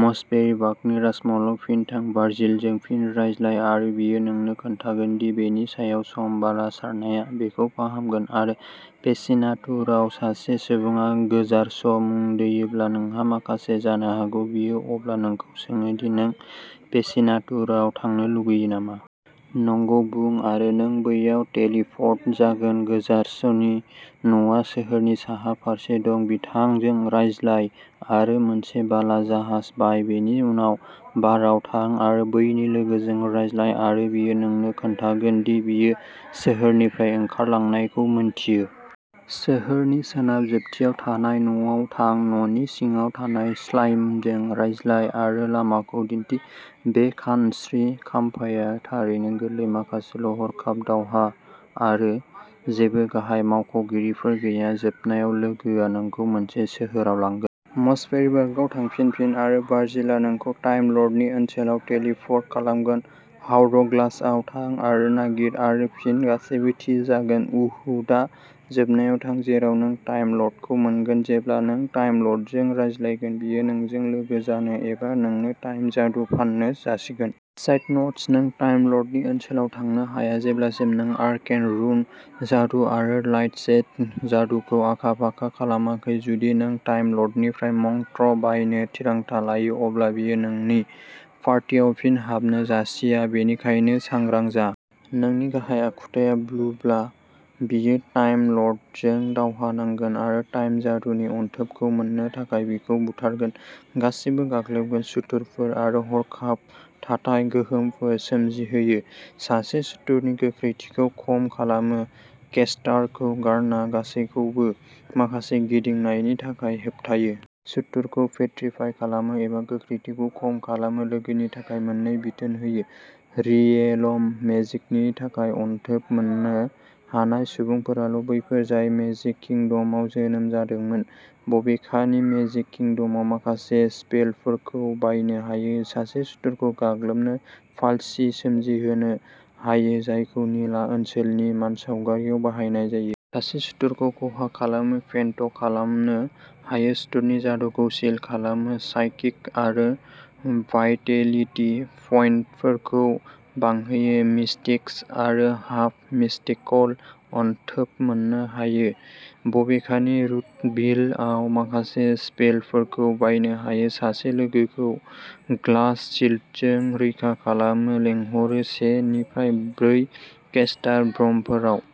मसपेरिबार्गनि राजमहलाव फिन थां। भार्जिलजों फिन रायज्लाय आरो बियो नोंनो खोन्थागोन दि बेनि सायाव सम बाला सारनाया बेखौ फाहामगोन आरो फेसिनातुरुआव सासे सुबुङा गोजारास मुं दोयोब्ला नोंहा माखासे जानो हागौ। बियो अब्ला नोंखौ सोङो दि नों फेसिनातुरुआव थांनो लुगैयो नामा? नंगौ बुं आरो नों बैयाव टेलिपोर्ट जागोन। गोजारासनि न'आ सोहोरनि साहा फारसे दं। बिथांजों रायज्लाय आरो मोनसे बाला जाहाज बाय, बेनि उनाव बारआव थां आरो बैनि लोगोजों रायज्लाय आरो बियो नोंनो खोन्थागोन दि बियो सोहोरनिफ्राय ओंखारलांनायखौ मिन्थियो। सोहोरनि सोनाब जोबथियाव थानाय न'आव थां। न'नि सिङाव थानाय स्लाइमजों रायज्लाय आरो लामाखौ दिन्थि। बे खानस्रि खाम्फाया थारैनो गोरलै माखासेल'। हरखाब दावहा आरो जेबो गाहाय मावख'गिरिफोर गैया। जोबनायाव, लोगोआ नोंखौ मोनसे सोहोराव लांगोन। मसपेरिबार्गआव थांफिन फिन आरो भार्जिलआ नोंखौ टाइम लर्डनि ओनसोलाव टेलिप'र्ट खालामगोन। हावरग्लासआव थां आरो नागिर आरो फिन, गासैबो थि जागोन, उ हु दा जोबनायाव थां जेराव नों टाइम लर्डखौ मोनगोन। जेब्ला नों टाइम लर्डजों रायज्लायगोन बियो नोंजों लोगो जानो एबा नोंनो टाइम जादु फाननो जासिगोन। साइड न'ट्स नों टाइम लर्डनि ओनसोलाव थांनो हाया जेब्लासिम नों आर्केन रुन जादु आरो लाइटशैड'जादुखौ आखा-फाखा खालामाखै। जुदि नों टाइम लर्डनिफ्राय मंत्र बायनो थिरांथा लायो, अब्ला बियो नोंनि पार्टियाव फिन हाबनो जासिया, बेनिखायनो सांग्रां जा। नोंनि गाहाय आखुथाया ब्लुब्ला, बियो टाइम लर्डजों दावहा नांगोन आरो टाइम जादुनि अनथोबखौ मोननो थाखाय बिखौ बुथारगोन। गासिबो गाग्लोबगोन। सुथुरफोर आरो हरखाब थाथाय गोहोमफोर सोमजिहोयो। सासे सुथुरनि गोख्रैथिखौ खम खालामो। केस्टारखौ गारना गासैखौबो माखासे गिदिंनायनि थाखाय होबथायो। सुथुरखौ पेत्रिफाइ खालामो एबा गोख्रैथिखौ खम खालामो। लोगोनि थाखाय मोननै बिथोन होयो। रियेलम मेजिकनि थाखाय अनथोब मोन्नो हानाय सुबुंफोराल' बैफोर जाय मेजिक किंडमआव जोनोम जादोंमोन। बबेखानि, मेजिक किंडमआव माखासे स्पेलफोरखौ बायनो हायो। सासे सुथुरखौ गाग्लोबो पाल्सि सोमजिहोनो हायो, जायखौ निला ओनसोलनि मानसावगारिआव बाहायनाय जायो। सासे सुथुरखौ खहा खालामो, फेन्ट खालामनो हायो, सुथुरनि जादुखौ सिल खालामो। साइकिक आरो भाइटेलिटि पइन्टफोरखौ बांहोयो। मिस्टिक्स आरो हाफ मिस्टिकल' अनथोब मोन्नो हायो बबेखानि, रूटभिल आव माखासे स्पेलफोरखौ बायनो हायो। सासे लोगोखौ ग्लास शील्डजों रैखा खालामो लेंहरो से निफ्राय ब्रै केस्टार भ्रमफोराव।